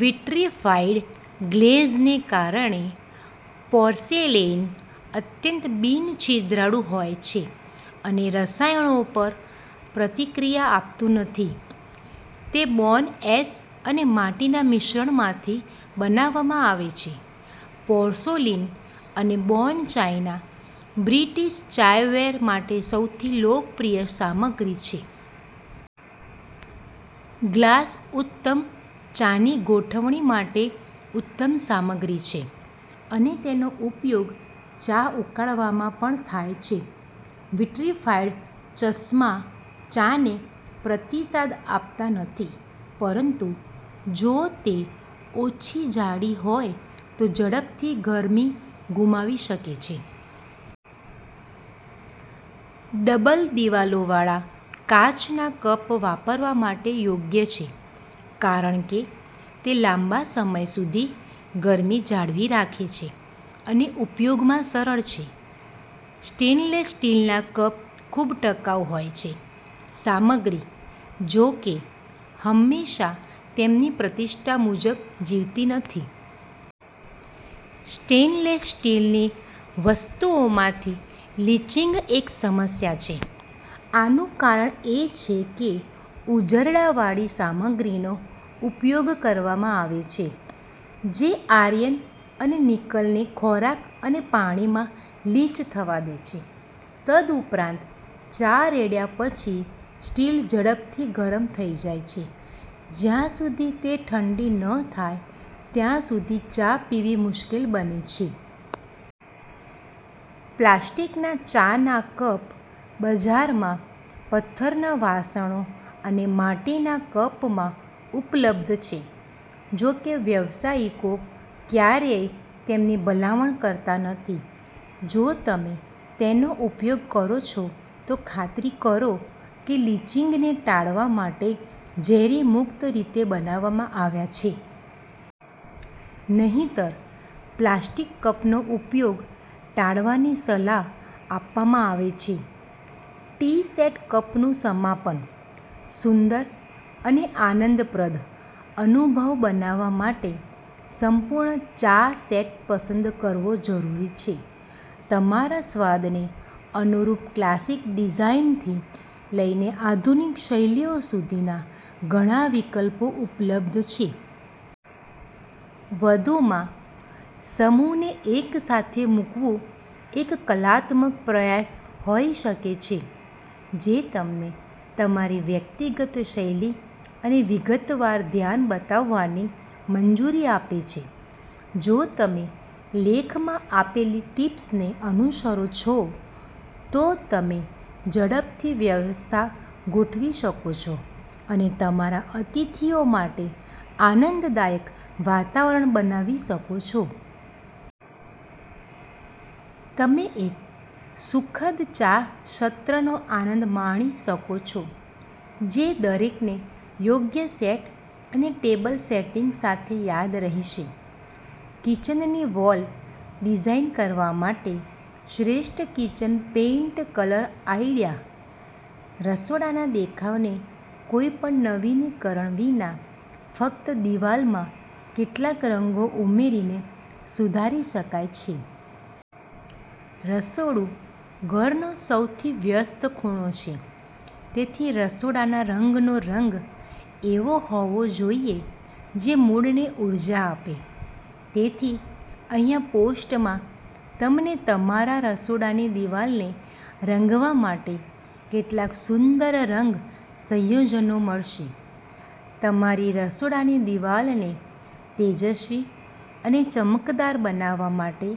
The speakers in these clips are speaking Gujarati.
વિટ્રિફાઇડ ગ્લેઝને કારણે, પોર્સેલેઇન અત્યંત બિન-છિદ્રાળુ હોય છે અને રસાયણો પર પ્રતિક્રિયા આપતું નથી. તે બોન એશ અને માટીના મિશ્રણમાંથી બનાવવામાં આવે છે. પોર્સેલિન અને બોન ચાઇના બ્રિટિશ ચાયવેર માટે સૌથી લોકપ્રિય સામગ્રી છે. ગ્લાસ ઉત્તમ ચાની ગોઠવણી માટે ઉત્તમ સામગ્રી છે અને તેનો ઉપયોગ ચા ઉકાળવામાં પણ થાય છે. વિટ્રિફાઇડ ચશ્મા ચાને પ્રતિસાદ આપતા નથી, પરંતુ જો તે ઓછી જાડી હોય તો ઝડપથી ગરમી ગુમાવી શકે છે. ડબલ-દિવાલોવાળા કાચના કપ વાપરવા માટે યોગ્ય છે કારણ કે તે લાંબા સમય સુધી ગરમી જાળવી રાખે છે અને ઉપયોગમાં સરળ છે. સ્ટેનલેસ સ્ટીલના કપ ખૂબ ટકાઉ હોય છે. સામગ્રી, જો કે, હંમેશા તેમની પ્રતિષ્ઠા મુજબ જીવતી નથી. સ્ટેનલેસ સ્ટીલની વસ્તુઓમાંથી લીચિંગ એક સમસ્યા છે. આનું કારણ એ છે કે ઉઝરડાવાળી સામગ્રીનો ઉપયોગ કરવામાં આવે છે, જે આયર્ન અને નિકલને ખોરાક અને પીણામાં લીચ થવા દે છે. તદુપરાંત, ચા રેડ્યા પછી, સ્ટીલ ઝડપથી ગરમ થઈ જાય છે, જ્યાં સુધી તે ઠંડી ન થાય ત્યાં સુધી ચા પીવી મુશ્કેલ બને છે. પ્લાસ્ટિકના ચાના કપ બજારમાં પથ્થરના વાસણો અને માટીના કપમાં ઉપલબ્ધ છે. જો કે, વ્યાવસાયિકો ક્યારેય તેમની ભલામણ કરતા નથી. જો તમે તેનો ઉપયોગ કરો છો, તો ખાતરી કરો કે તે લીચિંગને ટાળવા માટે ઝેરી મુક્ત રીતે બનાવવામાં આવ્યા છે. નહિંતર, પ્લાસ્ટિક કપનો ઉપયોગ ટાળવાની સલાહ આપવામાં આવે છે. ટી સેટ કપનું સમાપન. સુંદર અને આનંદપ્રદ અનુભવ બનાવવા માટે સંપૂર્ણ ચા સેટ પસંદ કરવો જરૂરી છે. તમારા સ્વાદને અનુરૂપ ક્લાસિક ડિઝાઇનથી લઈને આધુનિક શૈલીઓ સુધીના ઘણા વિકલ્પો ઉપલબ્ધ છે. વધુમાં, સમૂહને એકસાથે મૂકવું એક કલાત્મક પ્રયાસ હોઈ શકે છે જે તમને તમારી વ્યક્તિગત શૈલી અને વિગતવાર ધ્યાન બતાવવાની મંજૂરી આપે છે. જો તમે લેખમાં આપેલી ટીપ્સને અનુસરો છો, તો તમે ઝડપથી વ્યવસ્થા ગોઠવી શકો છો અને તમારા અતિથિઓ માટે આનંદદાયક વાતાવરણ બનાવી શકો છો. તમે એક સુખદ ચા સત્રનો આનંદ માણી શકો છો જે દરેકને યોગ્ય સેટ અને ટેબલ સેટિંગ સાથે યાદ રહેશે. કિચનની વોલ ડિઝાઇન કરવા માટે શ્રેષ્ઠ કિચન પેઇન્ટ કલર આઇડિયા. રસોડાના દેખાવને કોઈપણ નવીનીકરણ વિના ફક્ત દિવાલમાં કેટલાક રંગો ઉમેરીને સુધારી શકાય છે. રસોડું ઘરનો સૌથી વ્યસ્ત ખૂણો છે, તેથી રસોડાના રંગનો રંગ એવો હોવો જોઈએ જે મૂડને ઉર્જા આપે. તેથી, અહીં પોસ્ટમાં, તમને તમારા રસોડાની દિવાલને રંગવા માટે કેટલાક સુંદર રંગ સંયોજનો મળશે. તમારી રસોડાની દિવાલને તેજસ્વી અને ચમકદાર બનાવવા માટે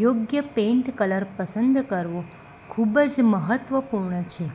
યોગ્ય પેઇન્ટ કલર પસંદ કરવો ખૂબ જ મહત્વપૂર્ણ છે.